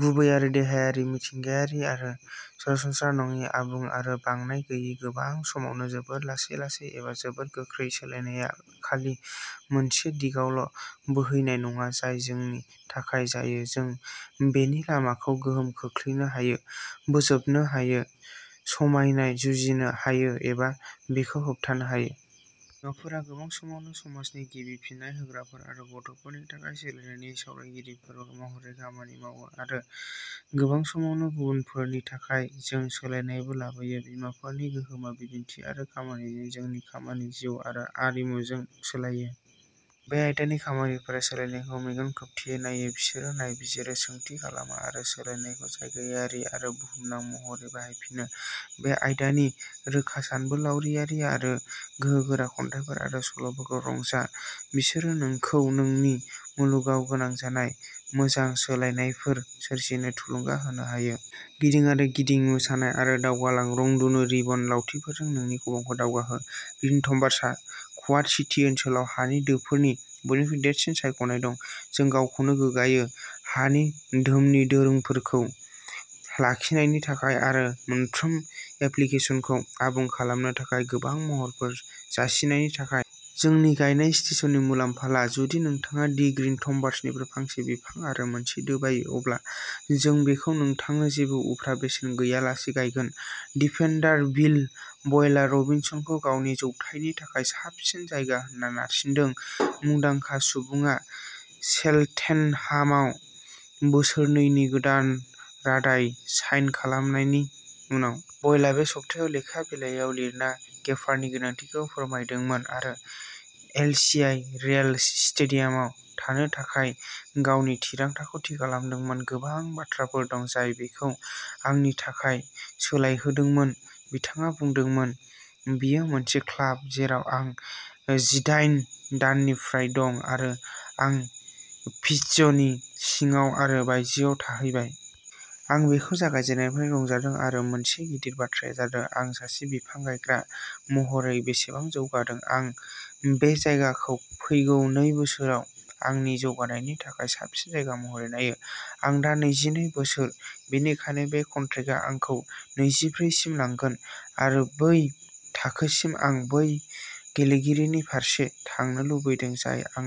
गुबै आरो देहायारि मिथिंगायारि आरो सरासनस्रा नङि, आबुं आरो बांनाय गैयै, गोबां समावनो जोबोद लासै-लासै एबा जोबोद गोख्रै सोलायनायआ खालि मोनसे दिगावल' बोहैनाय नङा, जाय जोंनि थाखाय जायो जों बेनि लामाखौ गोहोम खोख्लैनो हायो, बोजबनो हायो, समायनाय जुजिनो हायो एबा बेखौ होबथानो हायो। बिमाफोरा गोबां समावनो समाजनि गिबि फिन्नाय होग्राफोर आरो गथ'फोरनि थाखाय सोलायनायनि सावरायगिरिफोर महरै खामानि मावो आरो गोबां समावनो गुबुनफोरनि थाखाय जों सोलायनायबो लाबोयो। बिमाफोरनि गोहोमआ बिदिन्थि आरो खामानिजों जोंनि खामानि जिउ आरो आरिमुजों सोलायो। बे आयदानि खामानिफोरा सोलायनायखौ मेगन खोबथेयै नायो बिसोरो नायबिजिरो, सोंथि खालामो आरो सोलायनायखौ जायगायारि आरो बुहुमनां महरैबो बाहायफिनो। बे आयदानि रोखा सानबोलावरियारि आरो गोहोगोरा खन्थाइफोर आरो सल'फोरखौ रंजा। बिसोरो नोंखौ नोंनि मुलुगाव गोनां जानाय मोजां सोलायनायफोर सोरजिनो थुलुंगा होनो हायो। गिदिं आरो गिदिं मोसानाय आरो दावगालां रंधनु रिबन लावथिफोरजों नोंनि खबामखौ दावगाहो। ग्रीन थम्बार्सहा क्वाड सिटी ओनसोलाव हानि दोफोरनि बयनिख्रुइ देरसिन सायख'नाय दं। जों गावखौनो गोग्गायो! हानि दोमनि दोरोंफोरखौ लाखिनायनि थाखाय आरो मोनफ्रोम एप्लिकेसनखौ आबुं खालामनो थाखाय गोबां महरफोर जासिनायनि थाखाय। जोंनि गायनाय स्टेशननि मुलाम्फा ला। जुदि नोंथाङा दि ग्रिन थम्बार्सनिफ्राय फांसे बिफां आरो मोनसे दो बायो, अब्ला जों बेखौ नोंथांनो जेबो उफ्रा बेसेन गैयालासे गायगोन। डिफेन्डार विल बयलआ र'बिन्सखौ गावनि जौगाथायनि थाखाय साबसिन जायगा होनना नारसिनदों मुंदांखा सुबुंआ चेल्टेनहामाव बोसोरनैनि गोदान रादाय साइन खालामनायनि उनाव। बयलआ बे सप्तायाव लेखा बिलाइयाव लिरना गेफारनि गोनांथिखौ फोरमायदोंमोन आरो एलसिआइ रेल स्टेडियामाव थानो थाखाय गावनि थिरांथाखौ थि खालामदोंमोन। गोबां बाथ्राफोर दं जाय बेखौ आंनि थाखाय सोलायहोदोंमोन, बिथाङा बुंदोंमोन। बेयो मोनसे क्लाब जेराव आं जिदायन दाननिफ्राय दं आरो आं पिच्चनि सिङाव आरो बायजोआव थाहैबाय। आं बेखौ जागायजेन्नायनिफ्रायनो रंजादों आरो मोनसे गिदिर बाथ्राया जादों आं सासे बिफां गायग्रा महरै बेसेबां जौगादों। आं बे जायगाखौ फैगौ नै बोसोराव आंनि जौगानायनि थाखाय साबसिन जायगा महरै नायो। आं दा नैजिनै बोसोर, बेनिखायनो बे कन्ट्रेक्टआ आंखौ नैजिब्रै सिम लांगोन आरो बै थाखोसिम आं बै गेलेगिरिनि फारसे थांनो लुबैदों, जाय आं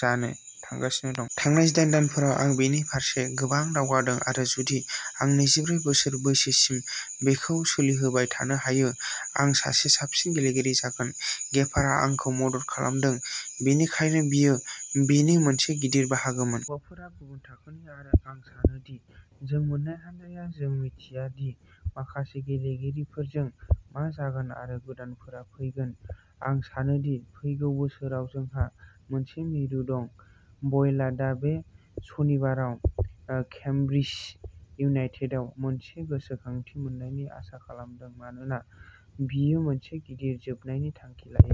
जानो थांगासिनो दं। थांनाय जिदायन दानफोराव आं बेनि फारसे गोबां दावगादों आरो जुदि आं नैजिब्रै बोसोर बैसोसिम बेखौ सोलिहोबाय थानो हायो, आं सासे साबसिन गेलेगिरि जागोन। गेफारआ आंखौ मदद खालामदों, बेनिखायनो बियो बेनि मोनसे गिदिर बाहागोमोन। हौवाफोरा गुबुन थाखोनि आरो आं सानोदि जों मोननाय हानजाया, जों मिथिया दि माखासे गेलेगिरिफोरजों मा जागोन आरो गोदानफोरा फैगोन, आं सानोदि फैगौ बोसोराव जोंहा मोनसे मिरु दं। बयलआ दा बे सनिबाराव केम्ब्रिज इउनाइटेडआव मोनसे गोसोखांथि मोन्नायनि आसा खालामदों मानोना बियो मोनसे गिदिर जोबनायनि थांखि लायो।